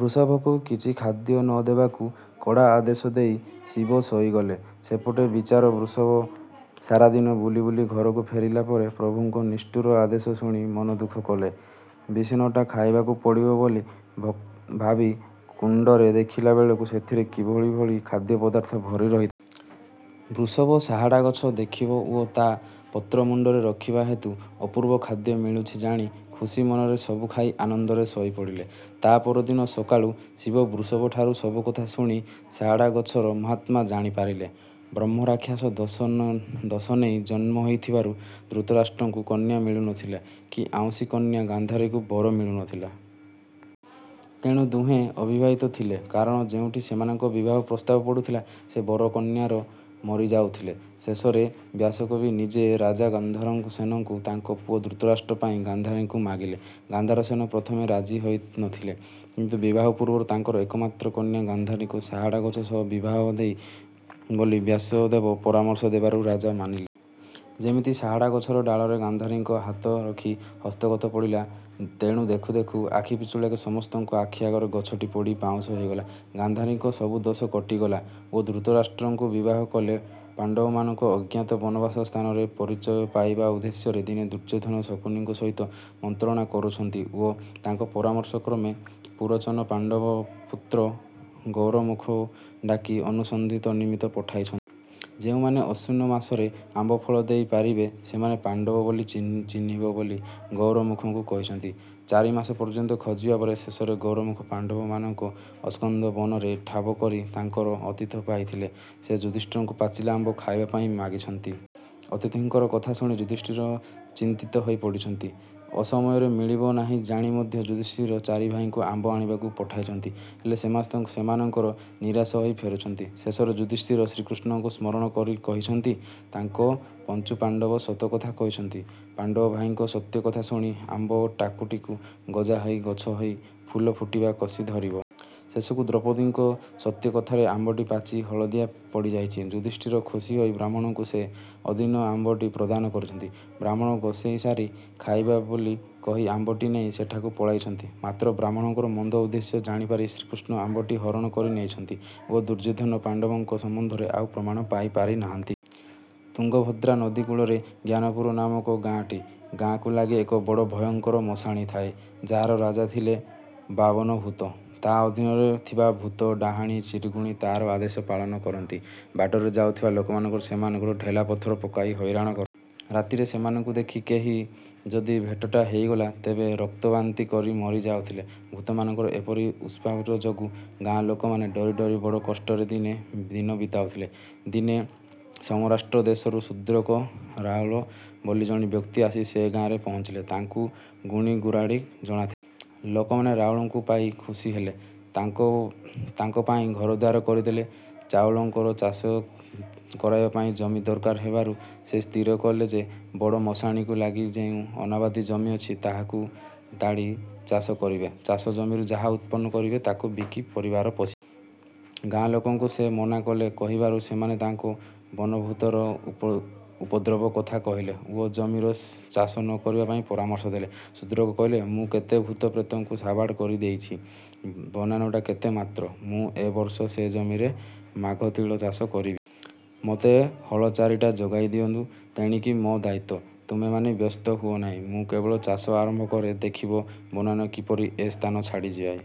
ବୃଷଭକୁ କିଛି ଖାଦ୍ୟ ନ ଦେବାକୁ କଡା ଆଦେଶ ଦେଇ ଶିବ ଶୋଇଗଲେ। ସେପଟେ ବିଚରା ବୃଷଭ ସାରାଦିନ ବୁଲି ବୁଲି ଘରକୁ ଫେରିଲା ପରେ ପ୍ରଭୁଙ୍କ ନିଷ୍ଠୁର ଆଦେଶ ଶୁଣି ମନଦୁଃଖ କଲେ। ବାସିନଡା ଖାଇବାକୁ ପଡିବ ବୋଲି ଭାବି କୁଣ୍ଡରେ ଦେଖିଲା ବେଳକୁ ସେଥିରେ ଭଳିକି ଭଳି ଖାଦ୍ୟପଦାର୍ଥ ଭରି ରହିଥାଏ। ବୃଷଭ ଶାହଡ଼ା ଗଛ ଦେଖିବା ଓ ତା ପତ୍ରମୁଣ୍ଡରେ ରଖିବା ହେତୁ ଅପୁର୍ବ ଖାଦ୍ୟ ମିଳିଛି ଜାଣି ଖୁସି ମନରେ ସବୁ ଖାଇ ଆନନ୍ଦରେ ଶୋଇ ପଡିଲେ। ତା ପରଦିନ ସକାଳୁ ଶିବ ବୃଷଭଠାରୁ ସବୁ କଥା ଶୁଣି ଶାହାଡ଼ାଗଛର ମାହାତ୍ମ୍ୟ ଜାଣିପାରିଲେ। ବ୍ରହ୍ମରାକ୍ଷସ ଦୋଷ ନେଇ ଜନ୍ମ ହୋଇଥିବାରୁ ଧୃତରାଷ୍ଟ୍ରଙ୍କୁ କନ୍ୟା ମିଳୁନଥିଲେ କି ଉଆଁସୀ କନ୍ୟା ଗାନ୍ଧାରୀଙ୍କୁ ବର ମିଳୁନଥିଲେ। ତେଣୁ ଦୁହେଁ ଅବିବାହିତ ଥିଲେ କାରଣ ଯେଉଁଠି ସେମାନଙ୍କ ବିବାହ ପ୍ରସ୍ତାବ ପଡୁଥିଲା, ସେ ବରକନ୍ୟାମାନେ ମରିଯାଉଥିଲେ। ଶେଷରେ ବ୍ୟାସକବି ନିଜେ ରାଜା ଗାନ୍ଧାରସେନଙ୍କୁ ତାଙ୍କ ପୁଅ ଧୃତରାଷ୍ଟ୍ରଙ୍କ ପାଇଁ ଗାନ୍ଧାରୀଙ୍କୁ ମାଗିଲେ। ଗାନ୍ଧାରସେନ ପ୍ରଥମେ ରାଜି ହେଉ ନଥିଲେ, କିନ୍ତୁ ବିବାହ ପୁର୍ବରୁ ତାଙ୍କର ଏକମାତ୍ର କନ୍ୟା ଗାନ୍ଧାରୀଙ୍କୁ ଶାହାଡ଼ାଗଛ ସହ ବିବାହ ଦେବେ ବୋଲି ବ୍ୟାସଦେବ ପରାମର୍ଶ ଦେବାରୁ ରାଜା ମାନିଲେ। ଯେମିତି ଶାହାଡ଼ାଗଛର ଡାଳରେ ଗାନ୍ଧାରୀଙ୍କ ହାତ ରଖି ହସ୍ତଗଣ୍ଠି ପଡିଛି, ଦେଖୁ ଦେଖୁ ଆଖିପିଛୁଳାକେ ସମସ୍ତଙ୍କ ଆଖି ଆଗରେ ଗଛଟି ପୋଡ଼ି ପାଉଁଶ ହୋଇଗଲା। ଗାନ୍ଧାରୀଙ୍କ ସବୁ ଦୋଷ କଟିଗଲା ଓ ସେ ଧୃତରାଷ୍ଟ୍ରଙ୍କୁ ବିବାହ କଲେ। ପାଣ୍ଡବମାନଙ୍କ ଅଜ୍ଞାତ ବନବାସ ସ୍ଥାନର ପରିଚୟ ପାଇବା ଉଦ୍ଦେଶ୍ୟରେ ଦିନେ ଦୁର୍ଯୋଧନ ଶକୁନିଙ୍କ ସହିତ ମନ୍ତ୍ରଣା କରିଛନ୍ତି ଓ ତାଙ୍କ ପରାମର୍ଶକ୍ରମେ ପୁରଚନ ପଣ୍ଡାଙ୍କ ପୁତ୍ର ଗୌରମୁଖକୁ ଡାକି ଅନୁସନ୍ଧାନ ନିମିତ୍ତ ପଠାଇଛନ୍ତି। ଯେଉଁମାନେ ଆଶ୍ୱିନ ମାସରେ ଆମ୍ବଫଳ ଦେଇ ପାରିବେ, ସେମାନେ ପାଣ୍ଡବ ବୋଲି ଚିହ୍ନିବ ବୋଲି ଗୌରମୁଖଙ୍କୁ କହିଛନ୍ତି। ଚାରିମାସ ପର୍ଯନ୍ତ ଖୋଜିବା ପରେ ଶେଷରେ ଗୌରମୁଖ ପାଣ୍ଡବମାନଙ୍କୁ ଅସ୍କନ୍ଧ ବନରେ ଠାବ କରି ତାଙ୍କର ଅତିଥି ହୋଇଛନ୍ତି। ସେ ଯୁଧିଷ୍ଠିରଙ୍କୁ ପାଚିଲା ଆମ୍ବ ଖାଇବା ପାଇଁ ମାଗିଛନ୍ତି। ଅତିଥିଙ୍କର କଥା ଶୁଣି ଯୁଧିଷ୍ଠିର ଚିନ୍ତିତ ହୋଇ ପଡିଛନ୍ତି। ଅସମୟରେ ମିଳିବନାହିଁ ଜାଣି ମଧ୍ୟ ଯୁଧିଷ୍ଠିର ଚାରିଭାଇଙ୍କୁ ଆମ୍ବ ଆଣିବାକୁ ପଠାଇଛନ୍ତି ହେଲେ ସମସ୍ତେ ନିରାଶ ହୋଇ ଫେରିଛନ୍ତି। ଶେଷରେ ଯୁଧିଷ୍ଠିର ଶ୍ରୀକୃଷ୍ନଙ୍କୁ ସ୍ମରଣ କରିଛନ୍ତି ଓ ତାଙ୍କୁ ପନ୍ହୁପାଣ୍ଡବ ସତକଥା କହିଛନ୍ତି। ପାଙ୍ଚଭାଇଙ୍କ ସତ୍ୟକଥା ଶୁଣି ଆମ୍ବ ଟାକୁଆରୁ ଗଜା ହୋଇ ଗଛ ହୋଇଛି, ଫୁଲ ଫୁଟିଛି, କଷି ଧରିଛି। ଶେଷକୁ ଦ୍ରୌପଦୀଙ୍କ ସତ୍ୟକଥାରେ ଆମ୍ବଟି ପାଚି ହଳଦିଆ ପଡିଯାଇଛି। ଯୁଧିଷ୍ଠିର ଖୁସି ହୋଇ ବ୍ରାହ୍ମଣଙ୍କୁ ସେ ଅଦିନ ଆମ୍ବଟି ପ୍ରଦାନ କରିଛନ୍ତି। ବ୍ରାହ୍ମଣ ଗଧୋଇସାରି ଖାଇବେ ବୋଲି କହି ଆମ୍ବଟି ନେଇ ସେଠାରୁ ପଳାଇ ଯାଇଛନ୍ତି। ମାତ୍ର ବ୍ରାହ୍ମଣଙ୍କର ମନ୍ଦ ଉଦ୍ଦେଶ୍ୟ ଜାଣିପାରି ଶ୍ରୀକୃଷ୍ନ ଆମ୍ବଟି ହରଣ କରି ନେଇଛନ୍ତି ଓ ଦୁର୍ଯୋଧନ ପାଣ୍ଡବମାନଙ୍କ ସମ୍ବନ୍ଧରେ ଆଉ ପ୍ରମାଣ ପାଇନାହାନ୍ତି। ତୁଙ୍ଗଭଦ୍ରା ନଦୀ କୁଳରେ ଜ୍ଞାନପୁର ନାମକ ଗାଁଟିଏ। ଗାଁକୁ ଲାଗି ଏକ ବଡ଼ ଭୟଙ୍କର ମଶାଣୀ ଥାଏ, ଯାହାର ରାଜା ଥିଲା ବାବନାଭୁତ। ତା ଅଧୀନରେ ଥିବା ଭୁତ, ଡାହାଣୀ, ଚିରୁଗୁଣୀ ତାର ଆଦେଶ ପାଳନ୍ତି। ବାଟରେ ଯାଉଥିବା ଲୋକମାନଙ୍କୁ ସେମାନେ ଢେଲାପଥର ପକାଇ ହଇରାଣ କରନ୍ତି। ରାତିରେ ସେମାନଙ୍କୁ ଦେଖି କେହି ଯଦି ଭେଟଣା ହୋଇଗଲା, ତେବେ ରକ୍ତବାନ୍ତି କରି ମରି ଯାଉଥିଲା। ଭୁତମାନଙ୍କର ଏପରି ଉତ୍ପାତଯୋଗୁ ଗାଁ ଲୋକମାନେ ଡରିଡରି ବଡ଼ କଷ୍ଟରେ ଦିନ ବିତାଉଥାନ୍ତି। ଦିନେ ସୋମରାଷ୍ଟ୍ର ଦେଶରୁ ଶୁଦ୍ରକ ରାଉଳ ବୋଲି ଜଣେ ବ୍ୟକ୍ତି ଆସି ସେ ଗାଁରେ ପହଙ୍ଚିଲେ, ତାଙ୍କୁ ଗୁଣି ଗାରୁଡି ଜଣାଥିଲା। ଲୋକମାନେ ରାଉଳଙ୍କୁ ପାଇ ଖୁସି ହେଲେ, ତାଙ୍କପାଇଁ ଘରଦ୍ୱାର କରିଦେଲେ। ରାଉଳଙ୍କର ଚାଷ କରିବାପାଇଁ ଜମି ଦରକାର ହେବାରୁ ସେ ସ୍ଥିର କଲେ ଯେ ବଡ଼ ମଶାଣୀକୁ ଲାଗି ଯେଉଁ ଅନାବାଦୀ ଜମି ଅଛି, ତାକୁ ତାଡି ଚାଷ କରିବେ। ଚାଷଜମିରୁ ଯାହା ଉତ୍ପନ୍ନ କରିବେ ତାକୁ ବିକି ପରିବାର ପୋଷିବେ। ଗାଁଲୋକଙ୍କୁ ସେ ମନକଥା କହିବାରୁ ସେମାନେ ତାଙ୍କୁ ବାବନାଭୁତର ଉପଦ୍ରବ କଥା କହିଲେ ଓ ସେ ଜମିରେ ଚାଷ ନ କରିବାକୁ ପରାମର୍ଶ ଦେଲେ। ଶୁଦ୍ରକ କହିଲା "ମୁଁ କେତେ ଭୁତ ପ୍ରେତଙ୍କୁ ସାବାଡ଼ କରିଦେଇଚି, ବାବନାଟା କେତେ ମାତ୍ର! ମୁଁ ଏବର୍ଷ ସେ ଜମିରେ ମାଘତିଳ ଚାଷ କରିବି। ମୋତେ ହଳ ଚାରିଟା ଯୋଗାଡ଼ କରିଦିଅ। ତେଣିକି ମୋ ଦାୟିତ୍ୱ। ତୁମେମାନେ ବ୍ୟସ୍ତ ହୁଅନାହିଁ। ମୁଁ କେବଳ ଚାଷ ଆରମ୍ଭ କରେ, ଦେଖିବ ବାବନା କିପରି ଏ ସ୍ଥାନ ଛାଡ଼ିଯାଉଛି।